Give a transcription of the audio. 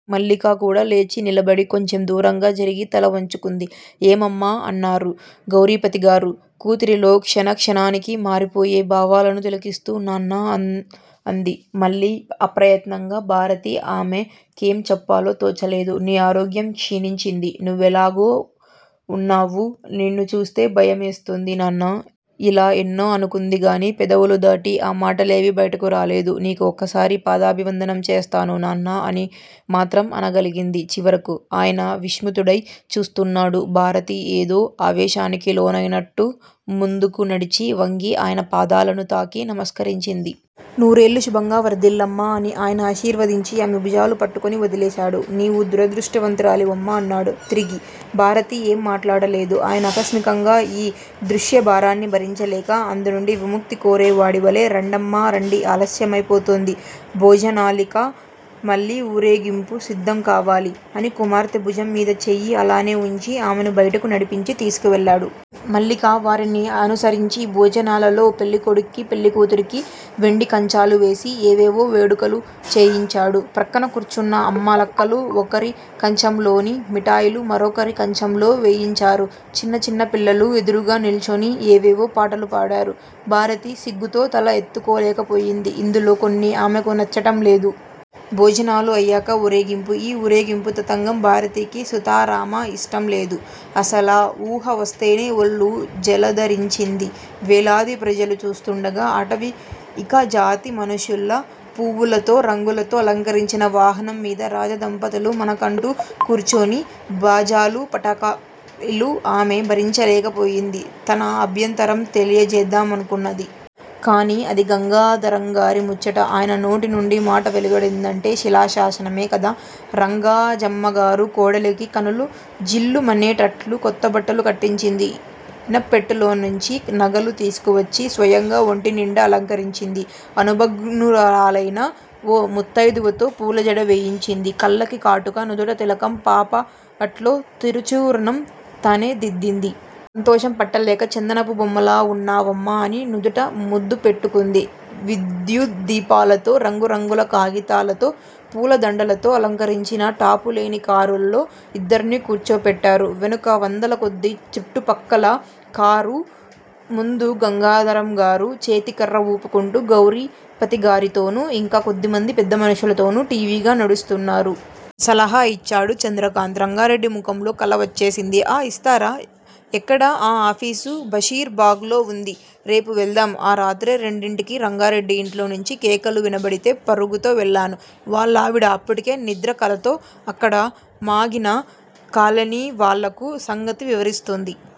మల్లిక కూడా లేచి నిలబడి, కొంచెం దూరంగా జరిగి తల వంచుకుంది. ఏమమ్మా! అన్నారు గౌరీపతిగారు. కూతురిలో క్షణక్షణానికి మారిపోయే భావాలను తిలకిస్తూ. నాన్నా! అంది మళ్ళీ అప్రయత్నంగా భారతి. ఆమె కేం చెప్పాలో తోచలేదు. 'నీ ఆరోగ్యం క్షీణించింది. నువ్వెలాగో ఉన్నావు. నిన్ను చూస్తే భయమేస్తుంది, నాన్నా! ' ఇలా ఎన్నో అనుకుందిగాని పెదవులు దాటి ఆ మాటలేవీ బయటకు రాలేదు. నీకు ఒక్కసారి పాదాభివందనం చేస్తాను, నాన్నా అని మాత్రం అనగలిగింది చివరకు. ఆయన విస్మితుడై చూస్తున్నాడు. భారతి ఏదో ఆవేశానికి లోనైనట్టు ముందుకు నడిచి వంగి, ఆయన పాదాలను తాకి నమస్కరించింది. నూరేళ్ళు శుభంగా వర్ధిల్లమ్మా! అని ఆయన ఆశీర్వదించి, ఆమె భుజాలు పట్టుకొని లేవదీశాడు. నీవదృష్టవంతురాలివమ్మా అన్నాడు తిరిగి. భారతి ఏమీ మాట్లాడలేదు. ఆయన ఆకస్మికంగా యీ దృశ్యభారాన్ని భరించలేక, అందు నుండి విముక్తి కోరేవాడివలె రండమ్మా, రండి ఆలస్యమై పోతోంది. భోజనాలిక మళ్ళీ ఊరేగింపుకు సిద్ధం కావాలి అని కుమార్తె భుజంమీద చేయి అలానే వుంచి, ఆమెను బయటకు నడిపించి తీసుకువెళ్ళాడు. మల్లిక వారి ననుసరించింది. భోజనాలలో పెళ్ళికొడుక్కి, పెళ్ళికూతురికి వెండికంచాలు వేసి, ఏవేవో వేడుకలు చేయించాడు. ప్రక్కన కూర్చున్న అమ్మలక్కలు ఒకరి కంచంలోని మిటాయిలు మరొకరి కంచంలో వేయించారు. చిన్న చిన్న పిల్లలు ఎదురుగా నిల్చొని ఏవేవో పాటలు పాడారు. భారతి సిగ్గుతో తల ఎత్తుకోలేకపోయింది. ఇందులో కొన్ని ఆమెకు నచ్చటంలేదు కూడా. భోజాలుఅయాక ఊరేగింపు. యీ ఊరేగింపు తతంగం భారతికి సుతరామ ఇష్టంలేదు. అసలా వూహ వస్తేనే ఒళ్ళు జలదరించింది. వేలాది ప్రజలు చూస్తూండగా, ఆటవికజాతి మనుషుల్లా పువ్వులతో, రంగులతో అలంకరించిన వాహనం మీద రాజదంపతులు మనుకుంటూ కూర్చొని బాజాలు, పటకాయలు ఆమె భరించలేకపోయింది. తన అభ్యంతరం తెలియచేద్దామనుకున్నది. కాని అది గంగాధరంగారి ముచ్చట ఆయన నోటి నుండి మాట వెలువడిందంటే శిలాశాసనమే కదా! రంగాజమ్మగారు కోడలికి కనులు జిలుమనేటట్లు కొత్తబట్టలు కట్టించింది. ఇనప్పెంట్టెలోంచి నగలు తీసుకువచ్చి స్వయంగా ఒంటినిండా అలంకరించింది. అనుభజ్ఞురాలైన ఓ ముత్తైదువతో పూలజడ వేయించింది. కళ్ళకి కాటుక, నుదుట తిలకం, పాపట్లో తిరుచూర్ణం తనే దిద్దింది. సంతోషం పట్టలేక చందనపు బొమ్మలా వున్నావమ్మా అని నుదుట ముద్దు పెట్టుకుంది. విద్యుద్దీపాలతో, రంగురంగుల కాగితాలతో పూలదండలతో అలంకరించిన టాపులేని కారులో యిద్దర్నీ కూర్చోపెట్టారు. వెనుక వందలకొద్దీ చుట్టు పక్కల. కారు ముందు గంగాధరంగారు చేతికర్ర ఊపుకుంటూ, గౌరీపతిగారితోనూ. ఇంకా కొద్దిమంది పెద్దమనుషులతోనూ ఠీవిగా నడుస్తున్నారు. సలహా ఇచ్చాడు చంద్రకాంత్. రంగారెడ్డి మొఖంలో కల వచ్చేసింది. ఆ! ఇస్తారా? ఎక్కడ ఆ ఆఫీసు? బషీర్ బాగ్ లో ఉంది! రేపు వెళ్దాం ఆ రాత్రే రెండింటికి రంగారెడ్డి ఇంట్లో నుంచి కేకలు వినబడితే పరుగుతో వెళ్ళాను. వాళ్ళావిడ అప్పటికే నిద్రకళ్ళతో అక్కడ మూగిన కాలనీవాళ్ళకు సంగతి వివరిస్తుంది.